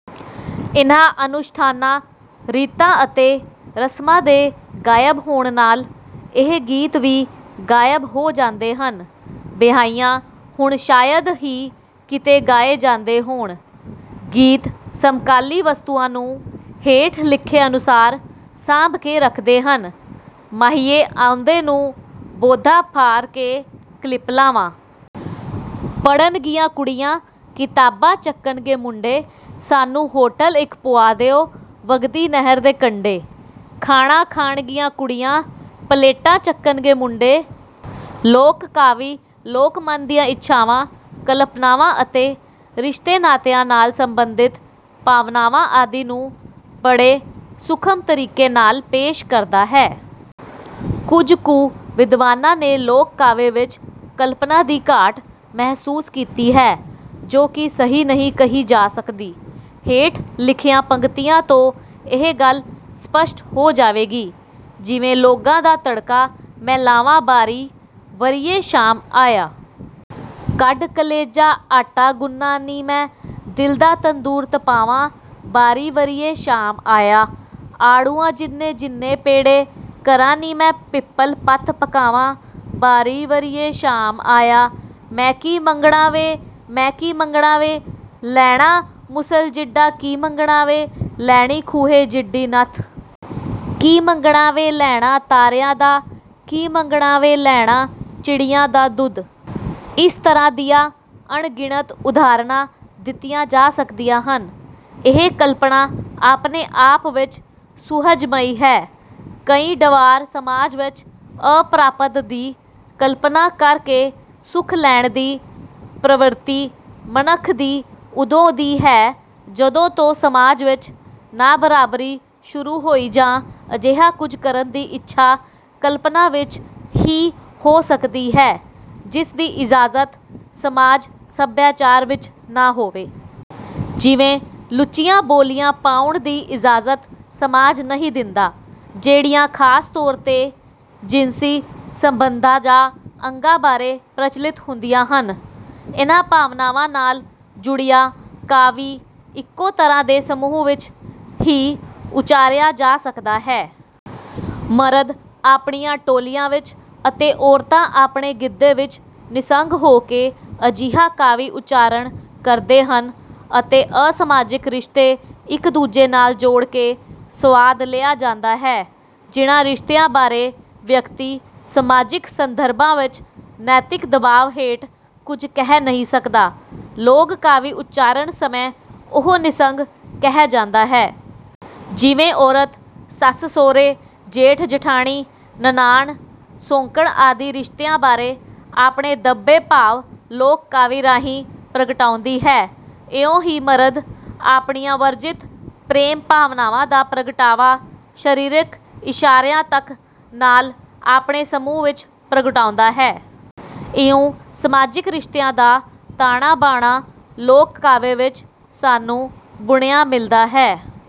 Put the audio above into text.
ਇਨ੍ਹਾਂ ਅਨੁਸ਼ਠਾਨਾਂ, ਰੀਤਾਂ ਅਤੇ ਰਸਮਾਂ ਦੇ ਗਾਇਬ ਹੋਣ ਨਾਲ਼ ਇਹ ਗੀਤ ਵੀ ਗਾਇਬ ਹੋ ਜਾਂਦੇ ਹਨ। ਬਿਆ੍ਹਈਆਂ ਹੁਣ ਸ਼ਾਇਦ ਹੀ ਕਿਤੇ ਗਾਏ ਜਾਂਦੇ ਹੋਣ। ਗੀਤ ਸਮਕਾਲੀ ਵਸਤੂਆਂ ਨੂੰ ਹੇਠ ਲਿਖੇ ਅਨੁਸਾਰ ਸਾਂਭ ਕੇ ਰੱਖਦੇ ਹਨ, ਮਾਹੀਏ ਆਉਂਦੇ ਨੂੰ ਬੋਦਾ ਪ੍ਹਾਰ ਕੇ ਕਲਿੱਪ ਲਾਵਾਂ। ਪੜ੍ਹਨਗੀਆਂ ਕੁੜੀਆਂ ਕਿਤਾਬਾਂ ਚੱਕਣਗੇ ਮੁੰਡੇ। ਸਾਨੂੰ ਹੋਟਲ ਇੱਕ ਪੁਆ ਦਿਉ ਵਗਦੀ ਨਹਿਰ ਦੇ ਕੰਢੇ। ਖਾਣਾ ਖਾਣਗੀਆਂ ਕੁੜੀਆਂ ਪਲੇਟਾਂ ਚੱਟਣਗੇ ਮੁੰਡੇ। ਲੋਕ ਕਾਵਿ, ਲੋਕ ਮਨ ਦੀਆਂ ਇੱਛਾਵਾਂ, ਕਲਪਨਾਵਾਂ ਅਤੇ ਰਿਸ਼ਤੇ ਨਾਤਿਆਂ ਨਾਲ਼ ਸੰਬੰਧਿਤ ਭਾਵਨਾਵਾਂ ਆਦਿ ਨੂੰ ਬੜੇ ਸੂਖਮ ਤਰੀਕੇ ਨਾਲ਼ ਪੇਸ਼ ਕਰਦਾ ਹੈ। ਕੁਝ ਕੁ ਵਿਦਵਾਨਾਂ ਨੇ ਲੋਕ ਕਾਵਿ ਵਿੱਚ ਕਲਪਨਾ ਦੀ ਘਾਟ ਮਹਿਸੂਸ ਕੀਤੀ ਹੈ ਜੋ ਕਿ ਸਹੀ ਨਹੀਂ ਕਹੀ ਜਾ ਸਕਦੀ। ਹੇਠ ਲਿਖੀਆਂ ਪੰਗਤੀਆਂ ਤੋਂ ਇਹ ਗੱਲ ਸਪੱਸ਼ਟ ਹੋ ਜਾਵੇਗੀ। ਜਿਵੇਂ, ਲੌਂਗਾਂ ਦਾ ਤੜਕਾ ਮੈਂ ਲਾਵਾਂ ਬਾਰੀਂ ਵਰੀਏਂ ਸ਼ਾਮ ਆਇਆ। ਕੱਢ ਕਲ਼ੇਜਾ ਆਟਾ ਗੁਨ੍ਹਾਂ ਨੀ ਮੈਂ ਦਿਲ ਦਾ ਤੰਦੂਰ ਤਪਾਵਾਂ ਬਾਰੀਂ ਵਰੀਏਂ ਸ਼ਾਮ ਆਇਆ। ਆੜੂਆਂ ਜਿੰਨੇ ਜਿੰਨੇ ਪੇੜੇ ਕਰਾਂ ਨੀ ਮੈਂ ਪਿਪਲ਼ ਪੱਤ ਪਕਾਵਾਂ ਬਾਰੀਂ ਵਰੀਏਂ ਸ਼ਾਮ ਆਇਆ। ਮੈਂ ਕੀ ਮੰਗਣਾ ਵੇ ਮੈਂ ਕੀ ਮੰਗਣਾ ਵੇ ਲੈਣਾ ਮੂਸਲ ਜਿੱਡਾ ਕੀ ਮੰਗਣਾ ਵੇ ਲੈਣੀ ਖੂਹੇ ਜਿੱਡੀ ਨੱਥ। ਕੀ ਮੰਗਣਾ ਵੇ ਲੈਣਾ ਤਾਰਿਆਂ ਦਾ ਕੀ ਮੰਗਣਾ ਵੇ ਲੈਣਾ ਚਿੜੀਆਂ ਦਾ ਦੁੱਧ। ਇਸ ਤਰ੍ਹਾਂ ਦੀਆਂ ਅਣਗਿਣਤ ਉਦਾਹਰਣਾਂ ਦਿੱਤੀਆਂ ਜਾ ਸਕਦੀਆਂ ਹਨ। ਇਹ ਕਲਪਨਾ ਆਪਣੇ ਆਪ ਵਿੱਚ ਸੁਹਜਮਈ ਹੈ। ਕਈ ਡਵਾਰ ਸਮਾਜ ਵਿੱਚ ਅਪ੍ਰਾਪਤ ਦੀ ਕਲਪਨਾ ਕਰਕੇ ਸੁਖ ਲੈਣ ਦੀ ਪ੍ਰਵਿਰਤੀ ਮਨੱਖ ਦੀ ਉਦੋਂ ਦੀ ਹੈ ਜਦੋਂ ਤੋਂ ਸਮਾਜ ਵਿੱਚ ਨਾਬਰਾਬਰੀ ਸ਼ੁਰੂ ਹੋਈ ਜਾਂ ਅਜਿਹਾ ਕੁਝ ਕਰਨ ਦੀ ਇੱਛਾ ਕਲਪਨਾ ਵਿੱਚ ਹੀ ਹੋ ਸਕਦੀ ਹੈ ਜਿਸਦੀ ਇਜਾਜ਼ਤ ਸਮਾਜ-ਸਭਿਆਚਾਰ ਵਿੱਚ ਨਾਂ ਹੋਵੇ। ਜਿਵੇਂ ਲੁੱਚੀਆਂ ਬੋਲੀਆਂ ਪਾਉਣ ਦੀ ਇਜਾਜ਼ਤ ਸਮਾਜ ਨਹੀਂ ਦਿੰਦਾ ਜਿਹੜੀਆਂ ਖਾਸ ਤੌਰ ਤੇ ਜਿਨਸੀ ਸੰਬੰਧਾਂ ਜਾਂ ਅੰਗਾਂ ਬਾਰੇ ਪ੍ਰਚਲਿਤ ਹੁੰਦੀਆਂ ਹਨ। ਇਨ੍ਹਾਂ ਭਾਵਨਾਵਾਂ ਨਾਲ਼ ਜੁੜਿਆ ਕਾਵਿ ਇੱਕੋ ਤਰ੍ਹਾਂ ਦੇ ਸਮੂਹ ਵਿੱਚ ਹੀ ਉਚਾਰਿਆ ਜਾ ਸਕਦਾ ਹੈ। ਮਰਦ ਆਪਣੀਆਂ ਟੋਲੀਆਂ ਵਿੱਚ ਅਤੇ ਔਰਤਾਂ ਆਪਣੇ ਗਿੱਧੇ ਵਿੱਚ ਨਿਸੰਗ ਹੋ ਕੇ ਅਜਿਹਾ ਕਾਵਿ ਉਚਾਰਣ ਕਰਦੇ ਹਨ ਅਤੇ ਅਸਮਾਜਿਕ ਰਿਸ਼ਤੇ ਇੱਕ ਦੂਜੇ ਨਾਲ਼ ਜੋੜ ਕੇ ਸੁਆਦ ਲਿਆ ਜਾਂਦਾ ਹੈ। ਜਿਨ੍ਹਾਂ ਰਿਸ਼ਤਿਆਂ ਬਾਰੇ ਵਿਅਕਤੀ ਸਮਾਜਿਕ ਸੰਦਰਭਾਂ ਵਿੱਚ ਨੈਤਿਕ ਦਬਾਅ ਹੇਠ ਕੁਝ ਕਹਿ ਨਹੀਂ ਸਕਦਾ, ਲੋਕ ਕਾਵਿ ਉਚਾਰਣ ਸਮੇਂ ਉਹ ਨਿਸੰਗ ਕਹਿ ਜਾਂਦਾ ਹੈ। ਜਿਵੇਂ ਔਰਤ ਸੱਸ-ਸਹੁਰੇ, ਜੇਠ-ਜਿਠਾਣੀ, ਨਣਾਨ, ਸੌਕਣ ਆਦਿ ਰਿਸ਼ਤਿਆਂ ਬਾਰੇ ਆਪਣੇ ਦੱਬੇ ਭਾਵ ਲੋਕ ਕਾਵਿ ਰਾਹੀਂ ਪ੍ਰਗਟਾਉਂਦੀ ਹੈ। ਇਉਂ ਹੀ ਮਰਦ ਆਪਣੀਆਂ ਵਰਜਿਤ ਪ੍ਰੇਮ ਭਾਵਨਾਵਾਂ ਦਾ ਪ੍ਰਗਟਾਵਾ ਸਰੀਰਕ ਇਸ਼ਾਰਿਆਂ ਤਕ ਨਾਲ਼ ਆਪਣੇ ਸਮੂਹ ਵਿੱਚ ਪ੍ਰਗਟਾਉਂਦਾ ਹੈ। ਇਉਂ ਸਮਾਜਿਕ ਰਿਸ਼ਤਿਆਂ ਦਾ ਤਾਣਾ ਬਾਣਾ ਲੋਕ ਕਾਵਿ ਵਿੱਚ ਸਾਨੂੰ ਬੁਣਿਆਂ ਮਿਲ਼ਦਾ ਹੈ।